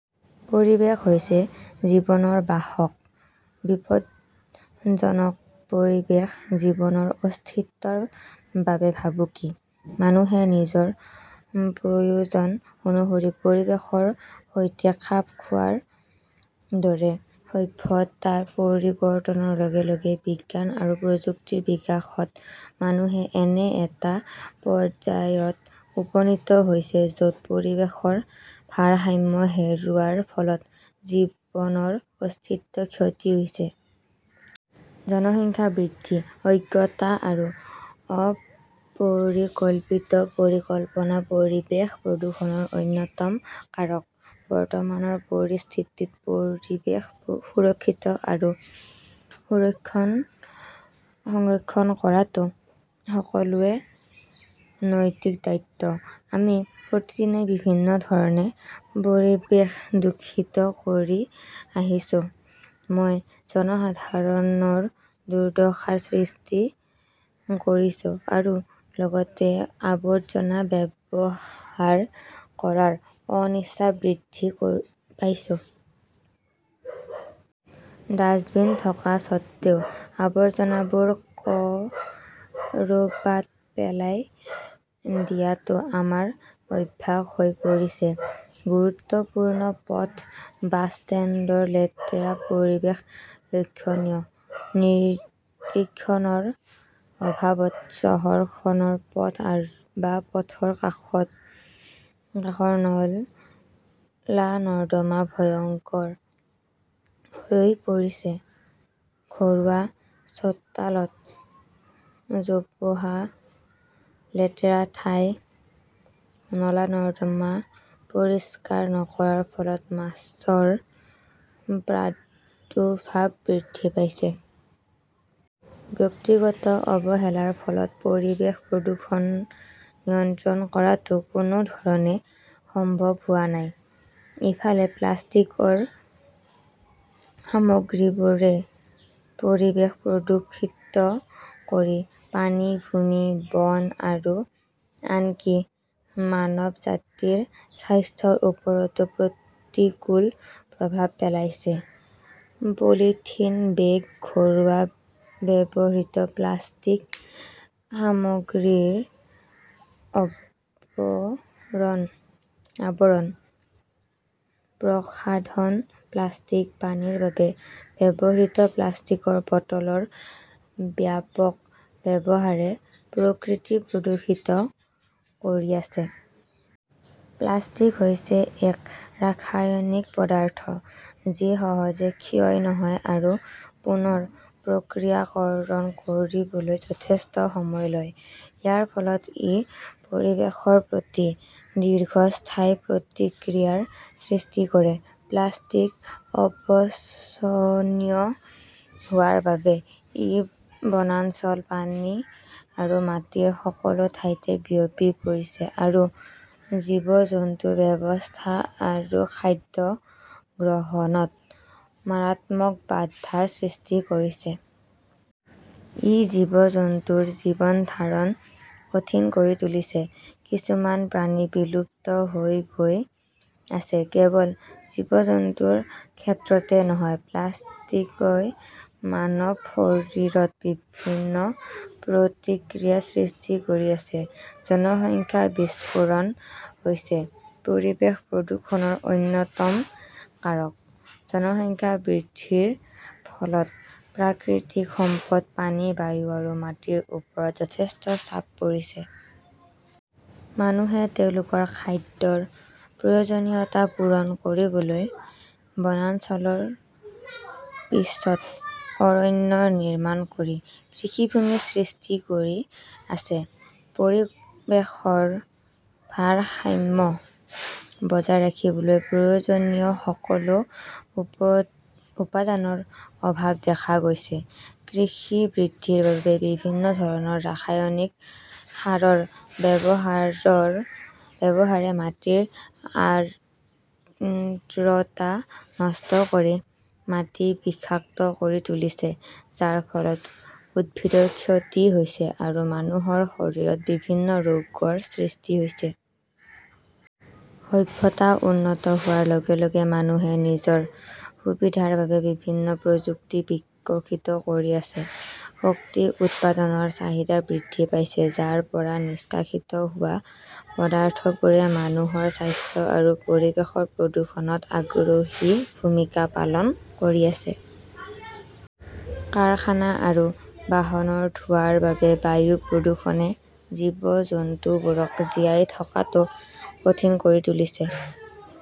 পৰিৱেশ হৈছে জীৱনৰ বাহক। বিপদজনক পৰিৱেশ জীৱনৰ অস্তিত্বৰ বাবে ভাবুকি। মানুহে নিজৰ প্ৰয়োজন অনুসৰি পৰিৱেশৰ সৈতে খাপ খোৱাৰ দৰে, সভ্যতাৰ পৰিৱৰ্তনৰ লগে লগে বিজ্ঞান আৰু প্ৰযুক্তিৰ বিকাশত মানুহে এনে এটা পৰ্যায়ত উপনীত হৈছে য 'ত পৰিৱেশৰ ভাৰসাম্য হেৰুওৱাৰ ফলত জীৱনৰ অস্তিত্বৰ ক্ষতি হৈছে। জনসংখ্যা বৃদ্ধি, অজ্ঞতা আৰু অপৰিকল্পিত পৰিকল্পনা পৰিৱেশ প্ৰদূষণৰ অন্যতম কাৰক। বৰ্তমানৰ পৰিস্থিতিত পৰিৱেশ সুৰক্ষিত আৰু সংৰক্ষণ কৰাটো সকলোৰে নৈতিক দায়িত্ব। আমি প্ৰতিদিনে বিভিন্ন ধৰণে পৰিৱেশ দূষিত কৰি আহিছো। মই জনসাধাৰণৰ দুৰ্দশাৰ সৃষ্টি কৰিছো, আৰু লগতে আৱৰ্জনা ব্যৱহাৰ কৰাত অনিচ্ছা বৃদ্ধি পাইছে। ডাস্টবিন থকা স্বত্বেও আৱৰ্জনাবোৰ ক 'ৰবাত পেলাই দিয়াটো আমাৰ অভ্যাস হৈ পৰিছে। গুৰুত্বপূৰ্ণ পথ, বাছ ষ্টেণ্ডৰ লেতেৰা পৰিৱেশ লক্ষণীয়। নিৰীক্ষণৰ অভাৱত চহৰখনৰ পথ বা পথৰ কাষৰ নলা-নৰ্দমা ভয়ংকৰ হৈ পৰিছে। ঘৰুৱা চোতালত জোপোহা, লেতেৰা ঠাই, নলা-নৰ্দমা পৰিষ্কাৰ নকৰাৰ ফলত মাছিৰ প্ৰাদুৰ্ভাৱ বৃদ্ধি পাইছে। ব্যক্তিগত অৱহেলাৰ ফলত পৰিৱেশ প্ৰদূষণ নিয়ন্ত্ৰণ কৰাটো কোনো ধৰণে সম্ভৱ হোৱা নাই। ইফালে, প্লাষ্টিকৰ সামগ্ৰীবোৰে পৰিৱেশ প্ৰদূষিত কৰি পানী, ভূমি, বন আৰু আনকি মানৱজাতিৰ স্বাস্থ্যৰ ওপৰতো প্ৰতিকূল প্ৰভাৱ পেলাইছে। পলিথিন বেগ, ঘৰুৱা ব্যৱহৃত প্লাষ্টিক, সামগ্ৰীৰ আৱৰণ, প্ৰসাধন প্লাষ্টিক, পানীৰ বাবে ব্যৱহৃত প্লাষ্টিকৰ বটলৰ ব্যাপক ব্যৱহাৰে প্ৰকৃতি প্ৰদূষিত কৰি আছে। প্লাষ্টিক হৈছে এক ৰাসায়নিক পদাৰ্থ, যি সহজে ক্ষয় নহয় আৰু পুনৰ প্ৰক্ৰিয়াকৰণ কৰিবলৈ যথেষ্ট সময় লয়। ইয়াৰ ফলত ই পৰিৱেশৰ প্ৰতি দীৰ্ঘস্থায়ী প্ৰতিক্ৰিয়াৰ সৃষ্টি কৰে। প্লাষ্টিক অপচনীয় হোৱাৰ বাবে ই বনাঞ্চল, পানী আৰু মাটিৰ সকলো ঠাইতে বিয়পি পৰিছে আৰু জীৱ-জন্তুৰ বাসস্থান আৰু খাদ্য গ্ৰহণত মাৰাত্মক বাধাৰ সৃষ্টি কৰিছে। ই জীৱ-জন্তুৰ জীৱন ধাৰণ কঠিন কৰি তুলিছে। কিছুমান প্ৰাণী বিলুপ্ত হৈ গৈ আছে। কেৱল জীৱ-জন্তুৰ ক্ষেত্ৰতে নহয়, প্লাষ্টিকই মানৱ শৰীৰত বিভিন্ন প্ৰতিক্ৰিয়াৰ সৃষ্টি কৰি আছে। জনসংখ্যা বিস্ফোৰণ হৈছে পৰিৱেশ প্ৰদূষণৰ অন্যতম কাৰক। জনসংখ্যা বৃদ্ধিৰ ফলত প্ৰাকৃতিক সম্পদ, পানী, বায়ু আৰু মাটিৰ ওপৰত যথেষ্ট চাপ পৰিছে। মানুহে তেওঁলোকৰ খাদ্যৰ প্ৰয়োজনীয়তা পূৰণ কৰিবলৈ বনাঞ্চলৰ পিছত অৰণ্য নিৰ্মাণ কৰি কৃষিভূমি সৃষ্টি কৰি আছে। পৰিৱেশৰ ভাৰসাম্য বজাই ৰাখিবলৈ প্ৰয়োজনীয় সকলো উপাদানৰ অভাৱ দেখা গৈছে। কৃষি বৃদ্ধিৰ বাবে বিভিন্ন ধৰণৰ ৰাসায়নিক সাৰৰ ব্যৱহাৰে মাটিৰ আৰ্দ্ৰতা নষ্ট কৰি মাটি বিষাক্ত কৰি তুলিছে, যাৰ ফলত উদ্ভিদৰ ক্ষতি হৈছে আৰু মানুহৰ শৰীৰত বিভিন্ন ৰোগৰ সৃষ্টি হৈছে। সভ্যতা উন্নত হোৱাৰ লগে লগে মানুহে নিজৰ সুবিধাৰ বাবে বিভিন্ন প্ৰযুক্তি বিকশিত কৰি আছে, শক্তি উৎপাদনৰ চাহিদা বৃদ্ধি পাইছে, যাৰ পৰা নিষ্কাশিত হোৱা পদাৰ্থবোৰে মানুহৰ স্বাস্থ্য আৰু পৰিৱেশৰ প্ৰদূষণত অগ্ৰণী ভূমিকা পালন কৰি আছে। কাৰখানা আৰু বাহনৰ ধোঁৱাৰ বাবে বায়ু প্ৰদূষণে জীৱ-জন্তুবোৰক জীয়াই থকাটো কঠিন কৰি তুলিছে।